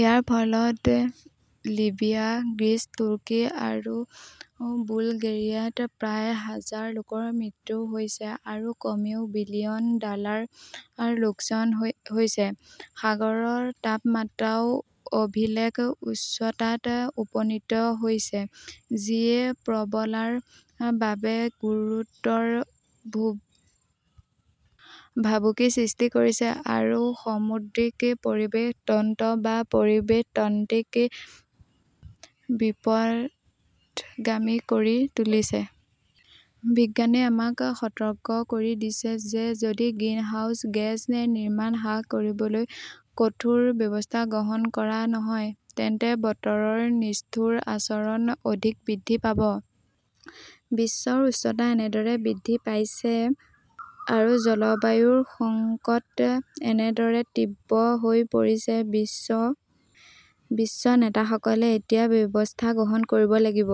ইয়াৰ ফলত Libya, Greece, Turkey আৰু বুলগেৰিয়াত প্ৰায় হাজাৰ লোকৰ মৃত্যু হৈছে আৰু কমেও বিলিয়ন ডলাৰৰ লোকচান হৈছে। সাগৰৰ তাপমাত্ৰাও অভিলেখ উচ্চতাত উপনীত হৈছে, যিয়ে প্ৰবালৰ বাবে গুৰুতৰ ভাবুকিৰ সৃষ্টি কৰিছে আৰু সামুদ্ৰিক পৰিৱেশ তন্ত্ৰ বা পৰিৱেশ তন্ত্ৰক বিপথগামী কৰি তুলিছে। বিজ্ঞানই আমাক সতৰ্ক কৰি দিছে যে যদি গ্ৰীণহাউছ গেছ নিৰ্গমন হ্ৰাস কৰিবলৈ কঠোৰ ব্যৱস্থা গ্ৰহণ কৰা নহয় তেন্তে বতৰৰ নিষ্ঠুৰ আচৰণ অধিক বৃদ্ধি পাব। বিশ্বৰ উষ্ণতা কেনেদৰে বৃদ্ধি পাইছে আৰু জলবায়ু সংকট কেনেদৰে তীব্ৰ হৈ পৰিছে; বিশ্ব নেতাসকলে এতিয়া ব্যৱস্থা গ্ৰহণ কৰিব লাগিব।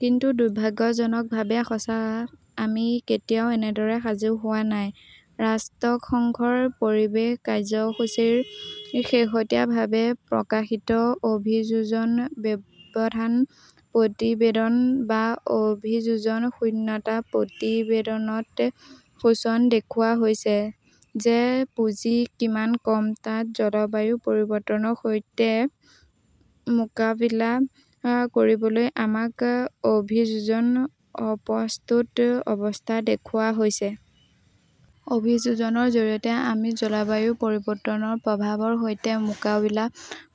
কিন্তু দুৰ্ভাগ্যজনকভাৱে সঁচা, আমি এতিয়াও এনেদৰে সাজু হোৱা নাই। ৰাষ্ট্ৰসংঘৰ পৰিৱেশ কাৰ্যসূচী ৰ শেহতীয়াভাৱে প্ৰকাশিত অভিযোজন ব্যৱধান প্ৰতিবেদন বা অভিযোজন শূন্যতা প্ৰতিবেদনত চনত দেখুওৱা হৈছে যে পুঁজি কিমান কম। তাত জলবায়ু পৰিৱৰ্তনৰ সৈতে মোকাবিলা কৰিবলৈ আমাৰ অভিযোজনৰ অপ্ৰস্তুত অৱস্থা দেখুওৱা হৈছে। অভিযোজনৰ জৰিয়তে আমি জলবায়ু পৰিৱৰ্তনৰ প্ৰভাৱৰ সৈতে মোকাবিলা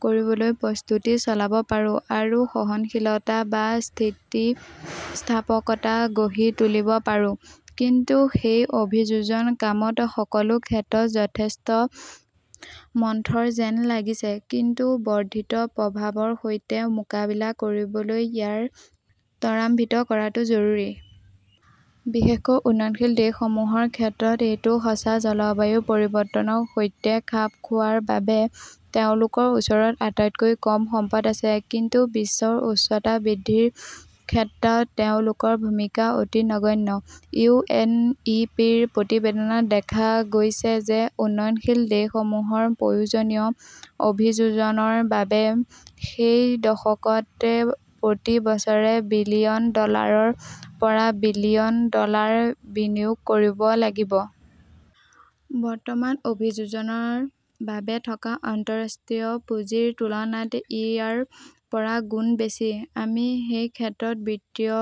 কৰিবলৈ প্ৰস্তুতি চলাব পাৰোঁ আৰু সহনশীলতা বা স্থিতিস্থাপকতা গঢ়ি তুলিব পাৰোঁ। কিন্তু সেই অভিযোজনৰ কামটো সকলো ক্ষেত্ৰতে যথেষ্ট মন্থৰ যেন লাগিছে। কিন্তু বৰ্ধিত প্ৰভাৱৰ সৈতে মোকাবিলা কৰিবলৈ ইয়াক ত্বৰান্বিত কৰাটো জৰুৰী। বিশেষকৈ উন্নয়নশীল দেশসমূহৰ ক্ষেত্ৰত এইটো সঁচা। জলবায়ু পৰিৱৰ্তনৰ সৈতে খাপ খোৱাৰ বাবে তেওঁলোকৰ ওচৰত আটাইতকৈ কম সম্পদ আছে; কিন্তু বিশ্বৰ উষ্ণতা বৃদ্ধিৰ ক্ষেত্ৰত তেওঁলোকৰ ভূমিকা অতি নগণ্য। ইউ. এন. ই. পি. -ৰ প্ৰতিবেদনত দেখা গৈছে যে উন্নয়নশীল দেশসমূহে প্ৰয়োজনীয় অভিযোজনৰ বাবে এই দশকত প্ৰতি বছৰে বিলিয়ন ডলাৰৰ পৰা বিলিয়ন ডলাৰ বিনিয়োগ কৰিব লাগিব। বৰ্তমান অভিযোজনৰ বাবে থকা আন্তঃৰাষ্ট্ৰীয় পুঁজিৰ তুলনাত ই ৰ পৰা গুণ বেছি। আমি এই ক্ষেত্ৰত বিত্তীয়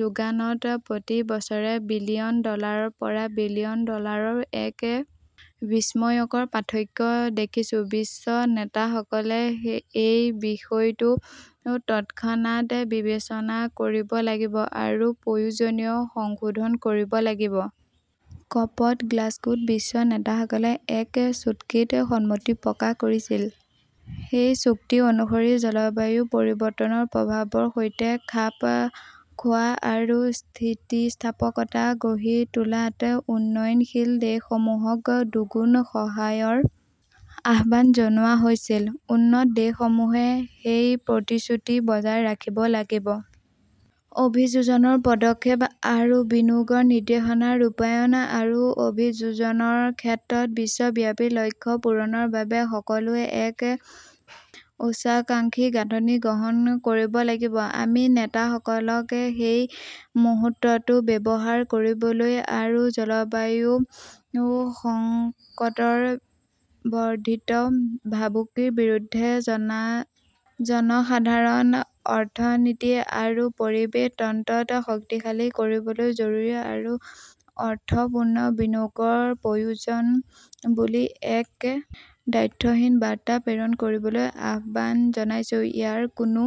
যোগানত প্ৰতি বছৰে বিলিয়ন ডলাৰৰ পৰা বিলিয়ন ডলাৰৰ এক বিস্ময়কৰ পাৰ্থক্য দেখিছোঁ। বিশ্ব নেতাসকলে এই বিষয়টো তৎক্ষণাত বিবেচনা কৰিব লাগিব আৰু প্ৰয়োজনীয় সংশোধন কৰিব লাগিব। ক "প -ত গ্লাছগোত বিশ্ব নেতাসকলে এক চুক্তিত সন্মতি প্ৰকাশ কৰিছিল। সেই চুক্তি অনুসৰি জলবায়ু পৰিৱৰ্তনৰ প্ৰভাৱৰ সৈতে খাপ খোৱা আৰু স্থিতিস্থাপকতা গঢ়ি তোলাত উন্নয়নশীল দেশসমূহক দুগুণ সহায়ৰ আহ্বান জনোৱা হৈছিল। উন্নত দেশসমূহে সেই প্ৰতিশ্ৰুতি বজাই ৰাখিব লাগিব। অভিযোজনৰ পদক্ষেপ আৰু বিনিয়োগৰ নিৰ্দেশনা ৰূপায়ণ আৰু অভিযোজনৰ ক্ষেত্ৰত বিশ্বব্যাপী লক্ষ্য পূৰণৰ বাবে সকলোৱে এক উচ্চাকাংক্ষী গাঁথনি গ্ৰহণ কৰিব লাগিব। আমি নেতাসকলক এই মুহূৰ্তটো ব্যৱহাৰ কৰিবলৈ আৰু জলবায়ু সংকটৰ বৰ্ধিত ভাবুকিৰ বিৰুদ্ধে জনসাধাৰণ, অৰ্থনীতি আৰু পৰিৱেশ তন্ত্ৰক শক্তিশালী কৰিবলৈ জৰুৰী আৰু অৰ্থপূৰ্ণ বিনিয়োগৰ প্ৰয়োজন বুলি এক দ্ব্যৰ্থহীন বাৰ্তা প্ৰেৰণ কৰিবলৈ আহ্বান জনাইছো। ইয়াৰ কোনো